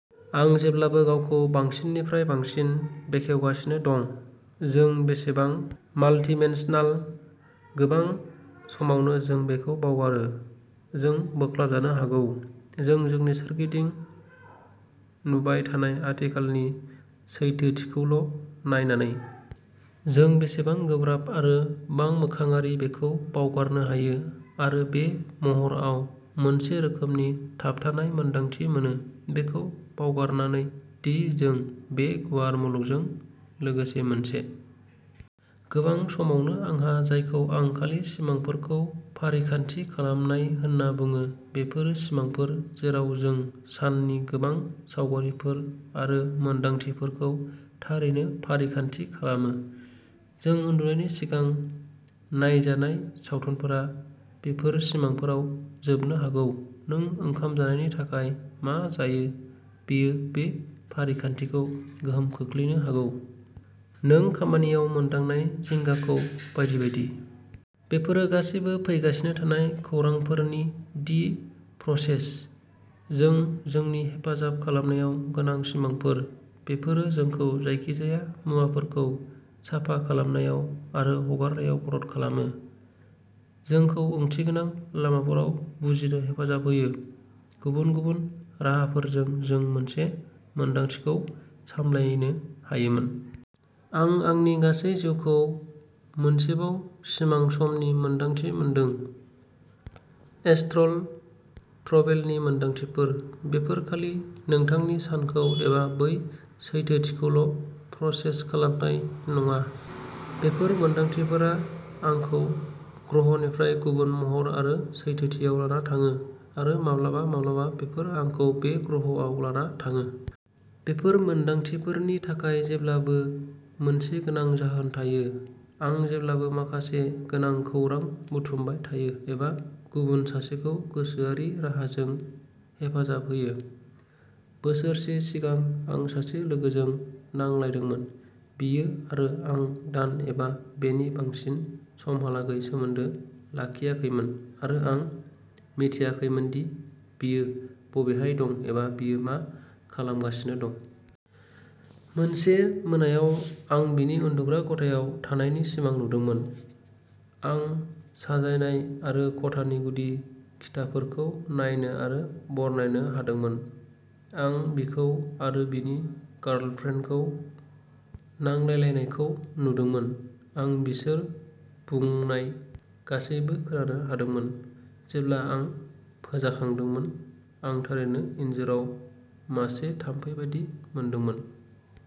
आं जेब्लाबो गावखौ बांसिननिफ्राय बांसिन बेखेवगासिनो दं, जों बेसेबां माल्टिमेन्सनाल। गोबां समावनो जों बेखौ बावगारो, जों बोख्लाबजानो हागौ। जों जोंनि सोरगिदिं नुबाय थानाय आथिखालनि सैथोथिखौल'नायनानै। जों बेसेबां गोब्राब आरो बांमोखाङारि बेखौ बावगारनो हायो आरो बे महरआव मोनसे रोखोमनि थाबथानाय मोन्दांथि मोनो, बेखौ बावगारनानै दि जों बे गुवार मुलुगजों लोगोसे मोनसे। गोबां समावनो आंहा जायखौ आं खालि सिमांफोरखौ फारिखान्थि खालामनाय होनना बुङो, बेफोरो सिमांफोर जेराव जों साननि गोबां सावगारिफोर आरो मोनदांथिफोरखौ थारैनो फारिखान्थि खालामो-जों उन्दुनायनि सिगां नायजानाय सावथुनफोरा बेफोर सिमांफोराव जोबनो हागौ, नों ओंखाम जानायनि थाखाय मा जायो बेयो बे फारिखान्थिखौ गोहोम खोख्लैनो हागौ, नों खामानियाव मोनदांनाय जिंगाखौ बायदि बायदि। बेफोरो गासैबो फैगासिनो थानाय खौरांफोरनि "दि प्रसेस" जों जोंनि हेफाजाब खालामनायाव गोनां सिमांफोर। बेफोरो जोंखौ जायखिजाया मुवाफोरखौ साफा खालामनायाव आरो हगारनायाव मदद खालामो, जोंखौ ओंथिगोनां लामाफोराव बुजिनो हेफाजाब होयो, गुबुन गुबुन राहाफोरजों जों मोनसे मोनदांथिखौ सामलायनो हायोमोन। आं आंनि गासै जिउखौ मोनसेबाव सिमां समनि मोनदांथि मोनदों। एस्ट्रल ट्रेभेलनि मोन्दांथिफोर। बेफोर खालि नोंथांनि सानखौ एबा बे सैथोथिखौल'प्रसेस खालामनाय नङा। बेफोर मोन्दांथिफोरा आंखौ ग्रहनिफ्राय गुबुन महर आरो सैथोथियाव लाना थाङो, आरो माब्लाबा-माब्लाबा बेफोर आंखौ बे ग्रहआव लाना थाङो। बेफोर मोन्दांथिफोरनि थाखाय जेब्लाबो मोनसे गोनां जाहोन थायो। आं जेब्लाबो माखासे गोनां खौरां बुथुमबाय थायो एबा गुबुन सासेखौ गोसोआरि राहाजों हेफाजाब होयो। बोसोरसे सिगां, आं सासे लोगोजों नांलायदोंमोन। बियो आरो आं दान एबा बेनि बांसिन समहालागै सोमोन्दो लाखियाखैमोन आरो आं मिथियाखैमोन दि बियो बबेहाय दं एबा बियो मा खालामगासिनो दं। मोनसे मोनायाव आं बिनि उन्दुग्रा खथायाव थानायनि सिमां नुदोंमोन। आं साजायनाय आरो खथानि गुदि खिथाफोरखौ नायनो आरो बरनायनो हादोंमोन। आं बिखौ आरो बिनि गार्लफ्रेन्डखौ नांलायलायनायखौ नुदोंमोन, आं बिसोर बुंनाय गासैबो खोनानो हादोंमोन। जेब्ला आं फोजाखांदोंमोन आं थारैनो इनजुराव मासे थाम्फै बायदि मोनदोंमोन।